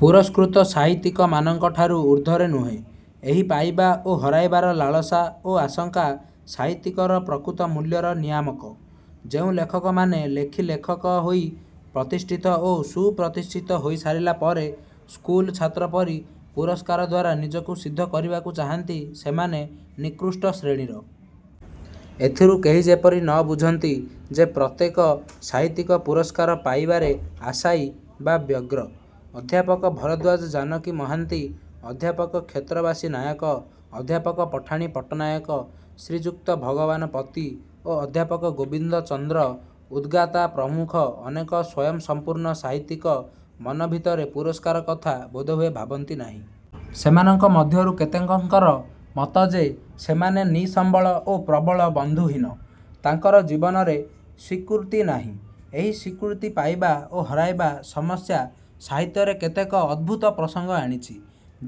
ପୁରସ୍କୃତ ସାହିତ୍ୟିକମାନଙ୍କଠାରୁ ଉର୍ଦ୍ଧ୍ୱରେ ନୁହେଁ। ଏହି ପାଇବା ଓ ହରାଇବାର ଲାଳସା ଓ ଆଶଙ୍କା ସାହିତ୍ୟିକର ପ୍ରକୃତ ମୂଲ୍ୟର ନିୟାମକ। ଯେଉଁ ଲେଖକମାନେ ଲେଖି ଲେଖକ ହୋଇ ପ୍ରତିଷ୍ଠିତ ଓ ସୁପ୍ରତିଷ୍ଠିତ ହୋଇ ସାରିଲା ପରେ ସ୍କୁଲ ଛାତ୍ର ପରି ପୁରସ୍କାର ଦ୍ୱାରା ନିଜକୁ ସିଦ୍ଧ କରିବାକୁ ଚାହାନ୍ତି ସେମାନେ ନିକୃଷ୍ଟ ଶ୍ରେଣୀର-। ଏଥିରୁ କେହି ଯେପରି ନ ବୁଝନ୍ତି ଯେ ପ୍ରତ୍ୟେକ ସାହିତ୍ୟିକ ପୁରସ୍କାର ପାଇବାରେ ଆଶାୟୀ ବା ବ୍ୟଗ୍ର। ଅଧ୍ୟାପକ ଭରଦ୍ୱାଜ ଜାନକୀ ମହାନ୍ତି, ଅଧ୍ୟାପକ କ୍ଷେତ୍ରବାସୀ ନାୟକ, ଅଧ୍ୟାପକ ପଠାଣି ପଟ୍ଟନାୟକ, ଶ୍ରୀଯୁକ୍ତ ଭଗବାନ ପତି ଓ ଅଧ୍ୟାପକ ଗୋବିନ୍ଦ ଚନ୍ଦ୍ର ଉଦ୍ଗାତା ପ୍ରମୁଖ ଅନେକ ସ୍ୱୟଂସମ୍ପୂର୍ଣ୍ଣ ସାହିତ୍ୟିକ ମନଭିତରେ ପୁରସ୍କାର କଥା ବୋଧହୁଏ ଭାବନ୍ତି ନାହିଁ। ସେମାନଙ୍କ ମଧ୍ୟରୁ କେତେକଙ୍କର ମତ ଯେ ସେମାନେ ନିସମ୍ୱଳ ଓ ପ୍ରବଳ ବନ୍ଧୁହୀନ। ତାଙ୍କର ଜୀବନରେ ସ୍ୱୀକୃତି ନାହିଁ। ଏହି ସ୍ୱୀକୃତି ପାଇବା ଓ ହରାଇବା ସମସ୍ୟା ସାହିତ୍ୟରେ କେତେକ ଅଦ୍ଭୁତ ପ୍ରସଙ୍ଗ ଆଣିଛି।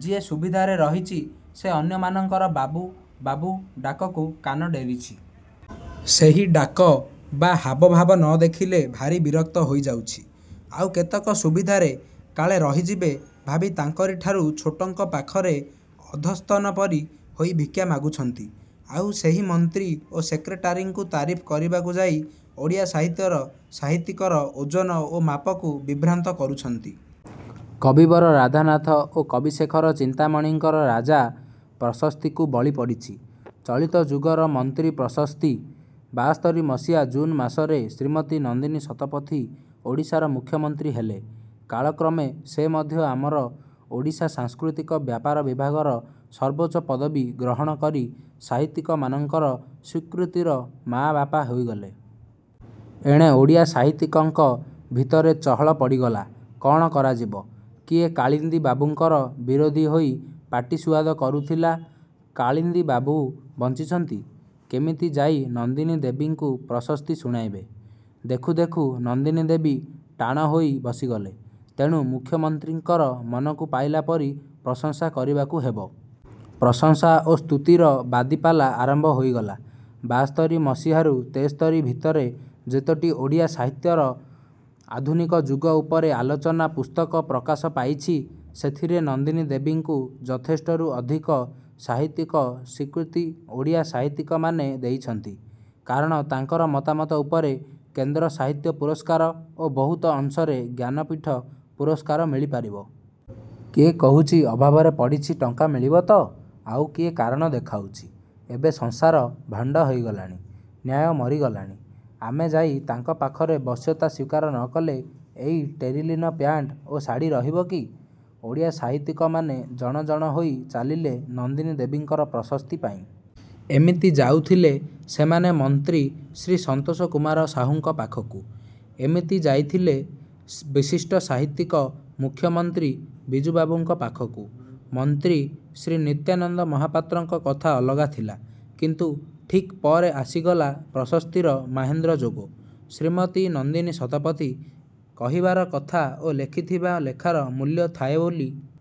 ଯିଏ ସୁବିଧାରେ ରହିଛି ସେ ଅନ୍ୟମାନଙ୍କର ବାବୁ-ବାବୁ-ଡାକକୁ କାନ ଡେରିଛି। ସେହି ଡାକ ବା ହାବଭାବ ନ ଦେଖିଲେ ଭାରି ବିରକ୍ତ ହୋଇଯାଉଛି। ଆଉ କେତେକ ସୁବିଧାରେ କାଳେ ରହିଯିବେ ଭାବି ତାଙ୍କରିଠାରୁ ଛୋଟଙ୍କ ପାଖରେ ଅଧସ୍ତନ ପରି ହୋଇ ଭିକ୍ଷା ମାଗୁଛନ୍ତି। ଆଉ ସେହି ମନ୍ତ୍ରୀ ଓ ସେକ୍ରେଟାରୀଙ୍କୁ ତାରିଫ୍ କରିବାକୁ ଯାଇ ଓଡ଼ିଆ ସାହିତ୍ୟର ସାହିତ୍ୟିକର ଓଜନ ଓ ମାପକୁ ବିଭ୍ରାନ୍ତ କରୁଛନ୍ତି। କବିବର ରାଧାନାଥ ଓ କବିଶେଖର ଚିନ୍ତାମଣିଙ୍କର ରାଜା-ପ୍ରଶସ୍ତିକୁ ବଳି ପଡ଼ିଛି ଚଳିତ ଯୁଗର ମନ୍ତ୍ରୀ-ପ୍ରଶସ୍ତି। ବାସ୍ତରୀ ମସିହା ଜୁନ୍ ମାସରେ ଶ୍ରୀମତୀ ନନ୍ଦିନୀ ଶତପଥୀ ଓଡ଼ିଶାର ମୁଖ୍ୟମନ୍ତ୍ରୀ ହେଲେ। କାଳକ୍ରମେ ସେ ମଧ୍ୟ ଆମର ଓଡ଼ିଶା ସାଂସ୍କୃତିକ ବ୍ୟାପାର ବିଭାଗର ସର୍ବୋଚ୍ଚ ପଦବୀ ଗ୍ରହଣ କରି ସାହିତ୍ୟିକମାନଙ୍କର ସ୍ୱୀକୃତିର ମାଆବାପା ହୋଇଗଲେ। ଏଣେ ଓଡ଼ିଆ ସାହିତ୍ୟିକଙ୍କ ଭିତରେ ଚହଳ ପଡ଼ିଗଲା-କ'ଣ କରାଯିବ? କିଏ କାଳିନ୍ଦୀ ବାବୁଙ୍କର ବିରୋଧି ହୋଇ ପାଟିସୁଆଦ କରୁଥିଲା। କାଳିନ୍ଦୀବାବୁ ବଞ୍ଚିଛନ୍ତି। କେମିତି ଯାଇ ନନ୍ଦିନୀ ଦେବୀଙ୍କୁ ପ୍ରଶସ୍ତି ଶୁଣାଇବେ? ଦେଖୁ ଦେଖୁ ନନ୍ଦିନୀ ଦେବୀ ଟାଣ ହୋଇ ବସିଗଲେ। ତେଣୁ ମୁଖ୍ୟମନ୍ତ୍ରୀଙ୍କର ମନକୁ ପାଇଲା ପରି ପ୍ରଶଂସା କରିବାକୁ ହେବ। ପ୍ରଶଂସା ଓ ସ୍ତୁତିର ବାଦିପାଲା ଆରମ୍ଭ ହୋଇଗଲା। ବାସ୍ତରୀ ମସିହାରୁ ତେସ୍ତରୀ ଭିତରେ ଯେତୋଟି ଓଡ଼ିଆ ସାହିତ୍ୟର ଆଧୁନିକ ଯୁଗ ଉପରେ ଆଲୋଚନା ପୁସ୍ତକ ପ୍ରକାଶ ପାଇଛି ସେଥିରେ ନନ୍ଦିନୀ ଦେବୀଙ୍କୁ ଯଥେଷ୍ଟରୁ ଅଧିକ ସାହିତ୍ୟିକ ସ୍ୱୀକୃତି ଓଡ଼ିଆ ସାହିତ୍ୟିକମାନେ ଦେଇଛନ୍ତି। କାରଣ ତାଙ୍କର ମତାମତ ଉପରେ କେନ୍ଦ୍ର ସାହିତ୍ୟ ପୁରସ୍କାର ଓ ବହୁତ ଅଂଶରେ ଜ୍ଞାନପୀଠ ପୁରସ୍କାର ମିଳି ପାରିବ। କିଏ କହୁଛି-ଅଭାବରେ ପଡ଼ିଛି ଟଙ୍କା ମିଳିବ ତ। ଆଉ କିଏ କାରଣ ଦେଖାଉଛି-ଏବେ ସଂସାର ଭାଣ୍ତ ହୋଇ ଗଲାଣି। ନ୍ୟାୟ ମରିଗଲାଣି। ଆମେ ଯାଇ ତାଙ୍କ ପାଖରେ ବଶ୍ୟତା ସ୍ୱୀକାର ନ କଲେ ଏଇ ଟେରିଲିନ ପ୍ୟାଣ୍ଟ ଓ ଶାଢ଼ୀ ରହିବ କି? ଓଡ଼ିଆ ସାହିତ୍ୟିକମାନେ ଜଣ ଜଣ ହୋଇ ଚାଲିଲେ ନନ୍ଦିନୀ ଦେବୀଙ୍କର ପ୍ରଶସ୍ତି ପାଇଁ-। ଏମିତି ଯାଉଥିଲେ ସେମାନେ ମନ୍ତ୍ରୀ ଶ୍ରୀ ସନ୍ତୋଷ କୁମାର ସାହୁଙ୍କ ପାଖକୁ। ଏମିତି ଯାଇଥିଲେ ବିଶିଷ୍ଟ ସାହିତ୍ୟିକ ମୁଖ୍ୟମନ୍ତ୍ରୀ ବିଜୁବାବୁଙ୍କ ପାଖକୁ। ମନ୍ତ୍ରୀ ଶ୍ରୀ ନିତ୍ୟାନନ୍ଦ ମହାପାତ୍ରଙ୍କ କଥା ଅଲଗା ଥିଲା। କିନ୍ତୁ ଠିକ୍ ପରେ ଆସିଗଲା ପ୍ରଶସ୍ତିର ମାହେନ୍ଦ୍ର ଯୋଗ-ଶ୍ରୀମତୀ ନନ୍ଦିନୀ ଶତପଥୀ-। କହିବାର କଥା ଓ ଲେଖିଥିବା ଲେଖାର ମୂଲ୍ୟ ଥାଏ ବୋଲି